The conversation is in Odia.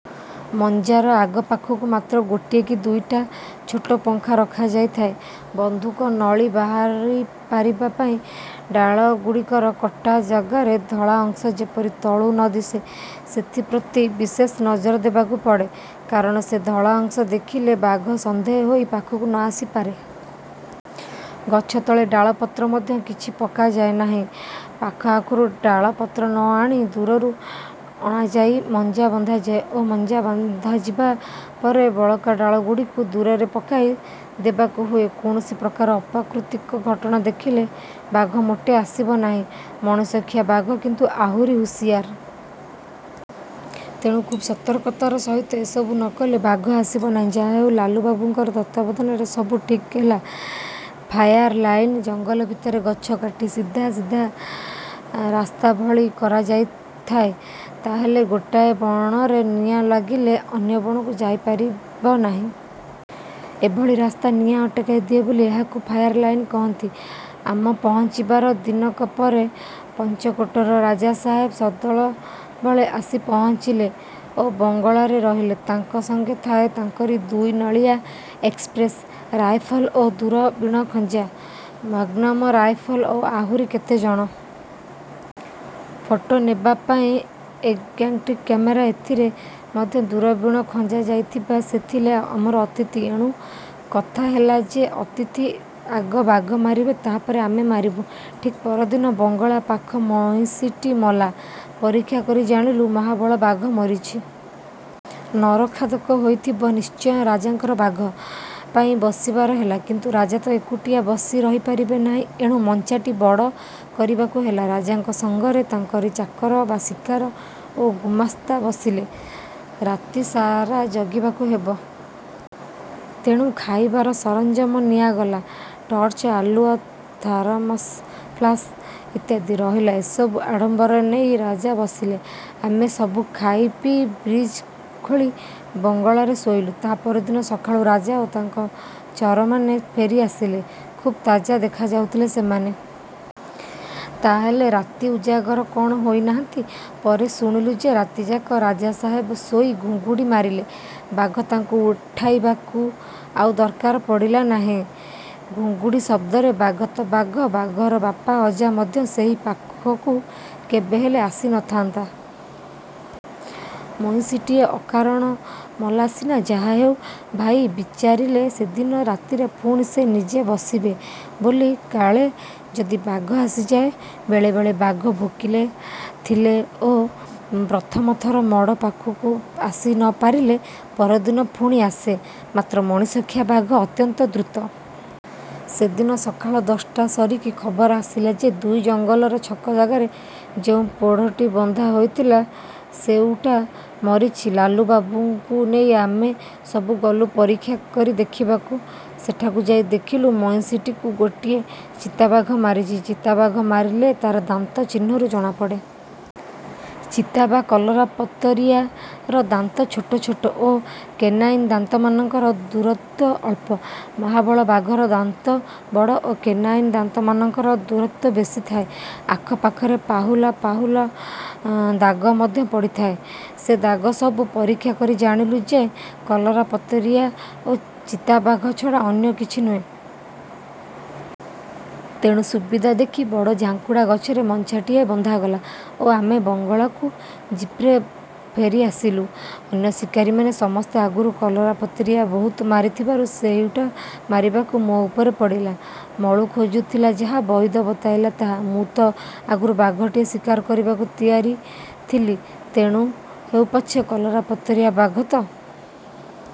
ମଜ୍ଜାର ଆଗ ପାଖକୁ ମାତ୍ର ଗୋଟାଏ କି ଦୁଇଟି ଛୋଟ ଫାଙ୍କା ରଖାଯାଇଥାଏ ବନ୍ଧୁକ ନଳି ବାହାରିପାରିବା ପାଇଁ। ଡାଳଗୁଡ଼ିକର କଟା ଜାଗାର ଧଳା ଅଂଶ ଯେପରି ତଳୁ ନ ଦିଶେ ସେଥିପ୍ରତି ବିଶେଷ ନଜର ଦେବାକୁ ପଡ଼େ; କାରଣ ସେ ଧଳା ଅଂଶ ଦେଖିଲେ ବାଘ ସନ୍ଦେହୀ ହୋଇ ପାଖକୁ ନ ଆସିପାରେ। ଗଛ ତଳେ ଡାଳପତ୍ର ମଧ୍ୟ କିଛି ପକାଯାଏ ନାହିଁ–ପାଖଆଖରୁ ଡାଳପତ୍ର ନଆଣି ଦୂରରୁ ଅଣାଯାଇ ମଞ୍ଚା ବନ୍ଧାଯାଏ ଓ ମଞ୍ଚା ବନ୍ଧାଯିବା ପରେ ବଳକା ଡାଳଗୁଡ଼ିକୁ ଦୂରରେ ପକାଇ ଦେବାକୁ ହୁଏ। କୌଣସି ପ୍ରକାର ଅପ୍ରାକୃତିକ ଘଟଣା ଦେଖିଲେ ବାଘ ମୋଟେ ଆସିବ ନାହିଁ। ମଣିଷଖିଆ ବାଘ କିନ୍ତୁ ଆହୁରି ହୁସିଆର। ତେଣୁ ଖୁବ୍ ସତର୍କତାର ସହିତ ଏସବୁ ନ କଲେ ବାଘ ଆସିବ ନାହିଁ। ଯାହାହେଉ ଲାଲୁବାବୁଙ୍କର ତତ୍ତ୍ୱାବଧାନରେ ସବୁ ଠିକ୍ମତେ ହେଲା। ଫାୟାର ଲାଇନ–ଜଙ୍ଗଲ ଭିତରେ ଗଛ କାଟି ସିଧା ସିଧା ରାସ୍ତା ଭଳି କରାଯାଇଥାଏ। ତା'ହେଲେ ଗୋଟାଏ ବଣରେ ନିଆଁ ଲାଗିଲେ ଅନ୍ୟ ବଣକୁ ଯାଇପାରିବ ନାହିଁ। ଏଭଳି ରାସ୍ତା ନିଆଁ ଅଟକାଇ ଦିଏ ବୋଲି, ଏହାକୁ ଫାୟାର ଲାଇନ କହନ୍ତି। ଆମ ପହଞ୍ଚିବାର ଦିନକ ପରେ ପଞ୍ଚକୋଟର ରାଜା ସାହେବ ସଦଳବଳେ ଆସି ପହଞ୍ଚିଲେ ଓ ବଙ୍ଗଳାରେ ରହିଲେ। ତାଙ୍କ ସଙ୍ଗେ ଥାଏ ତାଙ୍କର ଦୁଇନଳିଆ. ଏକ୍ସପ୍ରେସ୍ ରାଇଫଲ ଓ ଦୂରବିଣ ଖଞ୍ଜା. ମେଗ୍ନାମ ରାଇଫଲ ଓ ଆହୁରି କେତେ କ'ଣ। ଫଟୋ ନେବା ପାଇଁ ଏଗ୍ଯାକ୍ଟା କାମେରା; ସେଥିରେ ମଧ୍ୟ ଦୂରବିଣ ଖଞ୍ଜା ଯାଇଥାଏ। ସେ ଥିଲେ ଆମର ଅତିଥି। ଏଣୁ କଥା ହେଲା ଯେ ଅତିଥି ଆଗ ବାଘ ମାରିବେ-ତା'ପରେ ଆମେ ମାରିବୁ। ଠିକ୍ ପରଦିନ ବଙ୍ଗଳା ପାଖ ମଇଁଷିଟି ମଲା। ପରୀକ୍ଷା କରି ଜାଣିଲୁ–ମହାବଳ ବାଘ ମାରିଛି। ନରଖାଦକ ହୋଇଥିବ ନିଶ୍ଚୟ। ରାଜାଙ୍କର ବାଘ ପାଇଁ ବସିବାର ହେଲା। କିନ୍ତୁ ରାଜା ତ ଏକୁଟିଆ ବସି ରହିପାରିବେ ନାହିଁ। ଏଣୁ ମଞ୍ଚାଟି ବଡ଼ କରିବାକୁ ହେଲା। ରାଜାଙ୍କ ସଙ୍ଗରେ ତାଙ୍କର ଚାକର ବା ଶିକାରୀ ଓ ଗୁମାସ୍ତା ବସିଲେ। ରାତି ସାରା ଜଗିବାକୁ ହେବ। ତେଣୁ ଖାଇବାର ସରଞ୍ଜାମ ନିଆଗଲା। ଟର୍ଚ୍ଚ ଆଲୁଅ, ଥାରମସ-ଫ୍ଲାସ ଇତ୍ୟାଦି। ରହିଲା। ଏସବୁ ଆଡ଼ମ୍ବର ନେଇ ରାଜା ବସିଲେ। ଆମେ ସବୁ ଖାଇ ପିଇ ବ୍ରିଜ ଖେଳି ବଙ୍ଗଳାରେ ଶୋଇଲୁ। ତା' ପରଦିନ ସକାଳୁ ରାଜା ଓ ତାଙ୍କ ଚରମାନେ ଫେରିଆସିଲେ। ଖୁବ୍ ତାଜା ଦେଖାଯାଉଥିଲେ ସେମାନେ। ତାହାହେଲେ ରାତି ଉଜାଗର କ'ଣ ହୋଇନାହାନ୍ତି? ପରେ ଶୁଣିଲୁ ଯେ ରାତିଯାକ ରାଜାସାହେବ ଶୋଇ ଘୁଙ୍ଗୁଡ଼ି ମାରିଲେ। ବାଘ ତାଙ୍କୁ ଉଠାଇବାକୁ ଆଉ ଦରକାର ପଡ଼ିଲା ନାହିଁ। ଘୁଙ୍ଗୁଡ଼ି ଶବ୍ଦରେ ବାଘ ତ ବାଘ, ବାଘର ବାପା ଅଜା ମଧ୍ୟ ସେ ପାଖକୁ କେବେହେଲେ ଆସି ନ ଥାନ୍ତା। ମଇଁଷିଟିଏ ଅକାରଣ ମଲା ସିନା! ଯାହାହେଉ ଭାଇ ବିଚାରିଲେ ସେଦିନ ରାତିରେ ପୁଣି ସେ ନିଜେ ବସିବେ ବୋଲି। କାଳେ ଯଦି ବାଘ ଆସିଯାଏ! ବେଳେବେଳେ ବାଘ ଭୋକିଲା ଥିଲେ ଓ ପ୍ରଥମଥର ମଢ଼ ପାଖକୁ ଆସି ନ ପାରିଲେ ପରଦିନ ପୁଣି ଆସେ। ମାତ୍ର ମଣିଷଖିଆ ବାଘ ଅତ୍ୟନ୍ତ ଧୂର୍ତ୍ତ। ସେଦିନ ସକାଳ ଦଶଟା ସରିକି ଖବର ଆସିଲା ଯେ ଦୁଇ ଜଙ୍ଗଲର ଛକ ଜାଗାରେ ଯେଉଁ ପୋଢ଼ଟି ବନ୍ଧା ହୋଇଥିଲା ସେଉଟା ମରିଛି। ଲାଲୁବାବୁଙ୍କୁ ନେଇ ଆମେ ସବୁ ଗଲୁ ପରୀକ୍ଷା କରି ଦେଖିବାକୁ। ସେଠାକୁ ଯାଇ ଦେଖିଲୁ ମଇଁଷିଟିକୁ ଗୋଟାଏ ଚିତାବାଘ ମାରିଛି। ଚିତାବାଘ ମାରିଲେ ତା'ର ଦାନ୍ତ ଚିହ୍ନରୁ ଜଣାପଡ଼େ। ଚିତା ବା କଲରାପତରିଆର ଦାନ୍ତ ଛୋଟ ଛୋଟ ଓ କେନାଇନ୍ ଦାନ୍ତମାନଙ୍କର ଦୂରତ୍ୱ ଅଳ୍ପ। ମହାବଳ ବାଘର ଦାନ୍ତ ବଡ଼ ଓ କେନାଇନ୍ ଦାନ୍ତମାନଙ୍କର ଦ୍ୱରତ୍ୱ ବେଶି ଥାଏ,। ଆଖ ପାଖରେ ପାହୁଲ ପାହୁଲ ଦାଗ ମଧ୍ୟ ପଡ଼ିଥାଏ। ସେ ଦାଗ ସବୁ ପରୀକ୍ଷା କରି ଜାଣିଲୁ ଯେ କଲରାପତରିଆ ବା ଚିତାବାଘ ଛଡ଼ା ଅନ୍ୟ କିଛି ନୁହେଁ। ତେଣୁ ସୁବିଧା ଦେଖି ବଡ଼ ଝାଙ୍କୁଡ଼ା ଗଛରେ ମଞ୍ଚାଟିଏ ବନ୍ଧାଗଲା ଓ ଆମେ ବଙ୍ଗଳାକୁ ଜିପ୍ରେ ଫେରିଆସିଲୁ। ଅନ୍ୟ ଶିକାରୀମାନେ ସମସ୍ତେ ଆଗରୁ କଲରାପତରିଆ ବହୁତ ମାରିଥିବାରୁ ସେଉଟା ମାରିବାକୁ ମୋ ଉପରେ ପଡ଼ିଲା। ମଳୁ ଖୋଜୁଥିଲା ଯାହା ବଇଦ ବତାଇଲା ତାହା। ମୁଁ ତ ଆଗରୁ ବାଘଟିଏ ଶିକାର କରିବାକୁ ତିଆର ଥିଲି–ତେଣୁ ହେଉ ପଛେ କଲରାପତରିଆ–ବାଘ ତ!